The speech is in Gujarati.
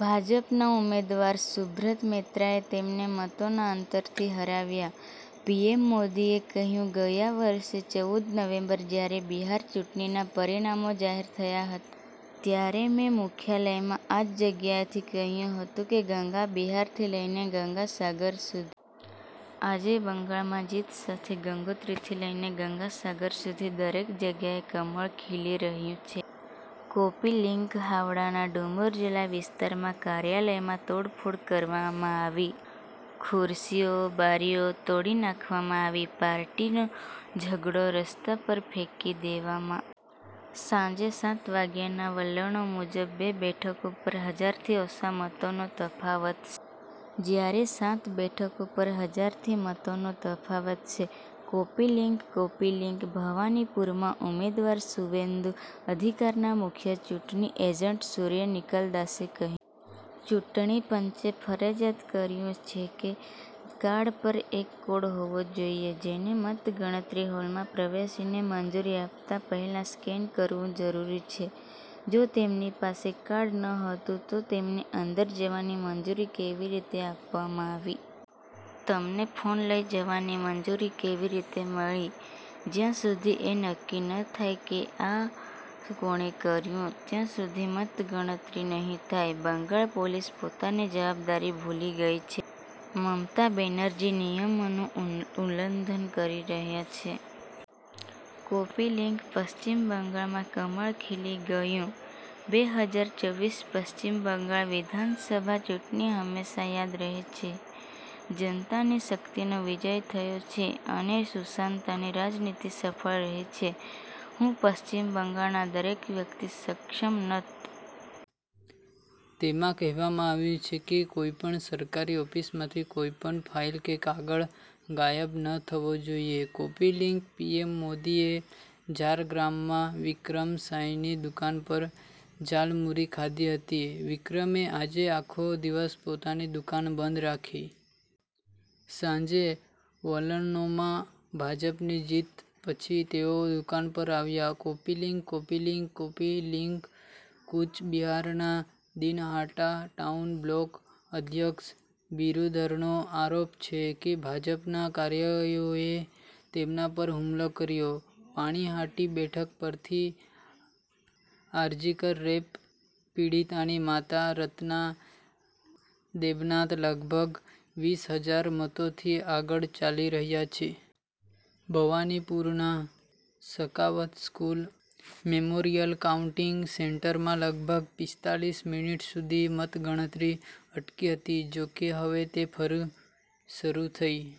ભાજપના ઉમેદવાર શુભ્રત મૈત્રાએ તેમને મતોના અંતરથી હરાવ્યા. પીએમ મોદીએ કહ્યું- ગયા વર્ષે ચૌદ નવેમ્બરે જ્યારે બિહાર ચૂંટણીના પરિણામો જાહેર થયા હતા. ત્યારે મેં મુખ્યાલયમાં આ જ જગ્યાએથી કહ્યું હતું કે ગંગા બિહારથી લઈને ગંગાસાગર સુધી આજે, બંગાળમાં જીત સાથે ગંગોત્રીથી લઈને ગંગાસાગર સુધી દરેક જગ્યાએ કમળ ખીલી રહ્યું છે. કૉપી લિંક હાવડાના ડુમુરજલા વિસ્તારમાં કાર્યાલયમાં તોડફોડ કરવામાં આવી. ખુરશીઓ-બારીઓ તોડી નાખવામાં આવી. પાર્ટીનો ઝગળો રસ્તા પર ફેંકી દેવામાં આવ્યો. સાંજે સાત વાગ્યાના વલણો મુજબ, બે બેઠકો પર હજાર થી ઓછા મતોનો તફાવત છે. જ્યારે સાત બેઠકો પર હજાર થી મતોનો તફાવત છે. કૉપી લિંક કૉપી લિંક ભવાનીપુરમાં ઉમેદવાર સુવેન્દુ અધિકારીના મુખ્ય ચૂંટણી એજન્ટ સૂર્યનિલ દાસે કહ્યું કે, મમતા બેનર્જી પોતાના મોબાઈલ ફોન સાથે અને કાર્ડ વગર પરિસરમાં દાખલ થયા. ચૂંટણી પંચે ફરજિયાત કર્યું છે કે કાર્ડ પર એક કોડ હોવો જોઈએ, જેને મતગણતરી હોલમાં પ્રવેશની મંજૂરી આપતા પહેલા સ્કેન કરવું જરૂરી છે. જો તેમની પાસે કાર્ડ નહોતું, તો તેમને અંદર જવાની મંજૂરી કેવી રીતે આપવામાં આવી? તેમને ફોન લઈ જવાની મંજૂરી કેવી રીતે મળી? જ્યાં સુધી એ નક્કી ન થાય કે આ કોણે કર્યું, ત્યાં સુધી મતગણતરી નહીં થાય. બંગાળ પોલીસ પોતાની જવાબદારી ભૂલી ગઈ છે. મમતા બેનર્જી નિયમોનું ઉલ્લંઘન કરી રહ્યા છે. કૉપી લિંક પશ્ચિમ બંગાળમાં કમળ ખીલી ગયું! બે હજાર ચવીસ પશ્ચિમ બંગાળ વિધાનસભા ચૂંટણી હંમેશા યાદ રહેશે. જનતાની શક્તિનો વિજય થયો છે અને સુશાસનની રાજનીતિ સફળ રહી છે. હું પશ્ચિમ બંગાળના દરેક વ્યક્તિ સક્ષમ નત તેમાં કહેવામાં આવ્યું છે કે કોઈપણ સરકારી ઓફિસમાંથી કોઈ પણ ફાઈલ કે કાગળ ગાયબ ન થવો જોઈએ. કૉપી લિંક પીએમ મોદીએ ઝારગ્રામમાં વિક્રમ સાયની દુકાન પર ઝાલમુરી ખાધી હતી. વિક્રમે આજે આખો દિવસ પોતાની દુકાન બંધ રાખી. સાંજે વલણોમાં ભાજપની જીત પછી તેઓ દુકાન પર આવ્યા. Copy link copy link copy link Cooch બિહારના દિનહાટા ટાઉન બ્લોક અધ્યક્ષ બિશુધરનો આરોપ છે કે ભાજપના કાર્યકરોએ તેમના પર હુમલો કર્યો. પાનીહાટી બેઠક પરથી આરજીકર રેપ પીડિતાની માતા રત્ના દેબનાથ લગભગ વીસ હજાર મતોથી આગળ ચાલી રહ્યા છે. ભવાનીપુરના સખાવત સ્કૂલ મેમોરિયલ કાઉન્ટિંગ સેન્ટરમાં લગભગ પિસ્તાલીસ મિનિટ સુધી મતગણતરી અટકી હતી. જોકે, હવે તે ફરી શરૂ થઈ.